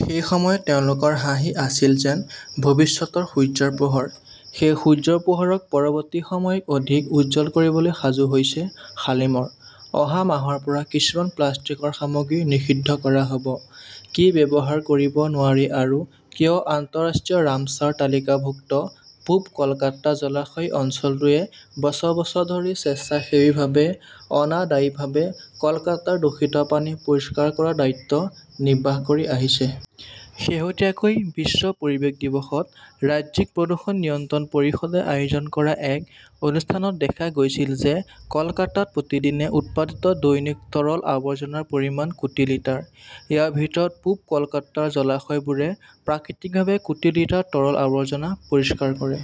সেই সময়ত তেওঁলোকৰ হাঁহি আছিল যেন ভৱিষ্যতৰ সূৰ্যৰ পোহৰ। সেই সূৰ্যৰ পোহৰক পৰৱৰ্তী সময়ত অধিক উজ্জ্বল কৰিবলৈ সাজু হৈছে শালিমৰ। অহা মাহৰ পৰা কিছুমান প্লাষ্টিকৰ সামগ্ৰী নিষিদ্ধ কৰা হ "ব! কি ব্যৱহাৰ কৰিব নোৱাৰি আৰু কিয় আন্তঃৰাষ্ট্ৰীয় 'ৰামছাৰ তালিকাভুক্ত "পূব কলকাতা জলাশয় অঞ্চলটোৱে বছৰ বছৰ ধৰি স্বেচ্ছাসেৱীভাৱে অনাদায়ীভাৱে কলকাতাৰ দূষিত পানী পৰিষ্কাৰ কৰাৰ দায়িত্ব নিৰ্বাহ কৰি আহিছে। শেহতীয়াকৈ বিশ্ব পৰিৱেশ দিৱসত ৰাজ্যিক প্ৰদূষণ নিয়ন্ত্ৰণ পৰিষদে আয়োজন কৰা এক অনুষ্ঠানত দেখা গৈছিল যে কলকাতাত প্ৰতিদিনে উৎপাদিত দৈনিক তৰল আৱৰ্জনাৰ পৰিমাণ কোটি লিটাৰ। ইয়াৰ ভিতৰত পূব কলকাতাৰ জলাশয়বোৰে প্ৰাকৃতিকভাৱে কোটি লিটাৰ তৰল আৱৰ্জনা পৰিষ্কাৰ কৰে।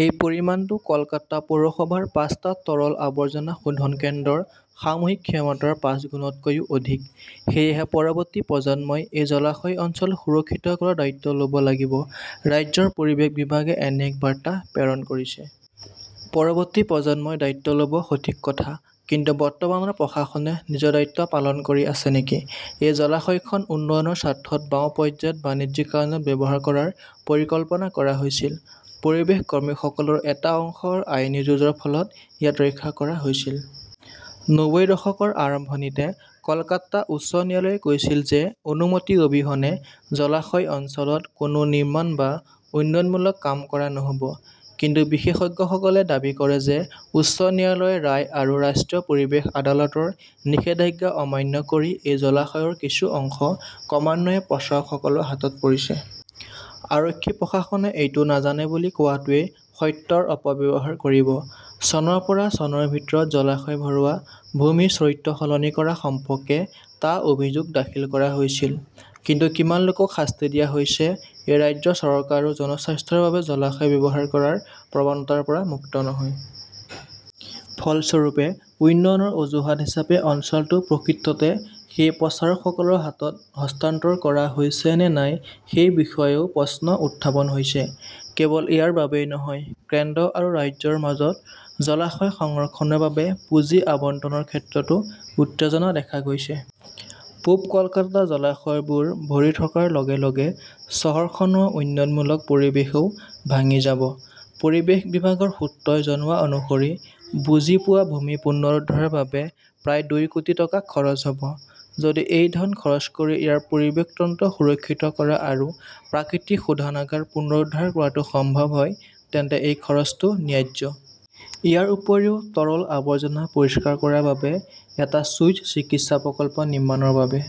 এই পৰিমাণটো কলকাতা পৌৰসভাৰ পাঁচটা তৰল আৱৰ্জনা শোধন কেন্দ্ৰৰ সামূহিক ক্ষমতাৰ পাঁচগুণতকৈও অধিক। সেয়েহে, পৰৱৰ্তী প্ৰজন্মই এই জলাশয় অঞ্চল সুৰক্ষিত কৰাৰ দায়িত্ব ল "ব লাগিব, ৰাজ্যৰ পৰিৱেশ বিভাগে এনে এক বাৰ্তা প্ৰেৰণ কৰিছে। পৰৱৰ্তী প্ৰজন্মই দায়িত্ব ল "ব, সঠিক কথা। কিন্তু, বৰ্তমানৰ প্ৰশাসনে নিজৰ দায়িত্ব পালন কৰি আছে নেকি? এই জলাশয়খন 'উন্নয়নৰ স্বাৰ্থত "বাওঁ পৰ্যায়ত বাণিজ্যিক কাৰণত ব্যৱহাৰ কৰাৰ পৰিকল্পনা কৰা হৈছিল। পৰিৱেশ কৰ্মীসকলৰ এটা অংশৰ আইনী যুঁজৰ ফলত ইয়াক ৰক্ষা কৰা হৈছিল। নব্বৈৰ দশকৰ আৰম্ভণিতে কলকাতা উচ্চ ন্যায়ালয়ে কৈছিল যে অনুমতি অবিহনে জলাশয় অঞ্চলত কোনো নিৰ্মাণ বা উন্নয়নমূলক কাম কৰা নহ 'ব। কিন্তু বিশেষজ্ঞসকলে দাবী কৰে যে উচ্চ ন্যায়ালয়ৰ ৰায় আৰু ৰাষ্ট্ৰীয় পৰিৱেশ আদালতৰ নিষেধাজ্ঞা অমান্য কৰি এই জলাশয়ৰ কিছু অংশ ক্ৰমান্বয়ে প্ৰচাৰকসকলৰ হাতত পৰিছে। আৰক্ষী-প্ৰশাসনে এইটো নাজানে বুলি কোৱাটোৱে সত্যৰ অপব্যৱহাৰ কৰিব। চনৰ পৰা চনৰ ভিতৰত জলাশয় ভৰোৱা, ভূমিৰ চৰিত্ৰ সলনি কৰা সম্পৰ্কে টা অভিযোগ দাখিল কৰা হৈছিল। কিন্তু কিমান লোকক শাস্তি দিয়া হৈছে? এই ৰাজ্য চৰকাৰো 'জনস্বাৰ্থৰ বাবে জলাশয় ব্যৱহাৰ "কৰাৰ প্ৰৱণতাৰ পৰা মুক্ত নহয়। ফলস্বৰূপে, উন্নয়নৰ অজুহাত হিচাপে অঞ্চলটো প্ৰকৃততে সেই প্ৰচাৰকসকলৰ হাতত হস্তান্তৰ কৰা হৈছে নে নাই সেই বিষয়েও প্ৰশ্ন উত্থাপন হৈছে। কেৱল ইয়াৰ বাবেই নহয়, কেন্দ্ৰ আৰু ৰাজ্যৰ মাজত জলাশয় সংৰক্ষণৰ বাবে পুঁজি আবণ্টনৰ ক্ষেত্ৰতো উত্তেজনা দেখা গৈছে। পূব কলকাতাৰ জলাশয়বোৰ ভৰি থকাৰ লগে লগে চহৰখনৰ উন্নয়নমূলক পৰিৱেশও ভাঙি যাব। পৰিৱেশ বিভাগৰ সূত্ৰই জনোৱা অনুসৰি বুজি পোৱা ভূমি পুনৰুদ্ধাৰৰ বাবে প্ৰায় দুই কোটি টকা খৰচ হ "ব। যদি এই ধন খৰচ কৰি ইয়াৰ পৰিৱেশ তন্ত্ৰ সুৰক্ষিত কৰা আৰু প্ৰাকৃতিক শোধনাগাৰ পুনৰুদ্ধাৰ কৰাটো সম্ভৱ হয়, তেন্তে এই খৰচটো ন্যায্য। ইয়াৰ উপৰিও, তৰল আৱৰ্জনা পৰিষ্কাৰ কৰাৰ বাবে এটা চুইচ চিকিৎসা প্ৰকল্প নিৰ্মাণৰ বাবে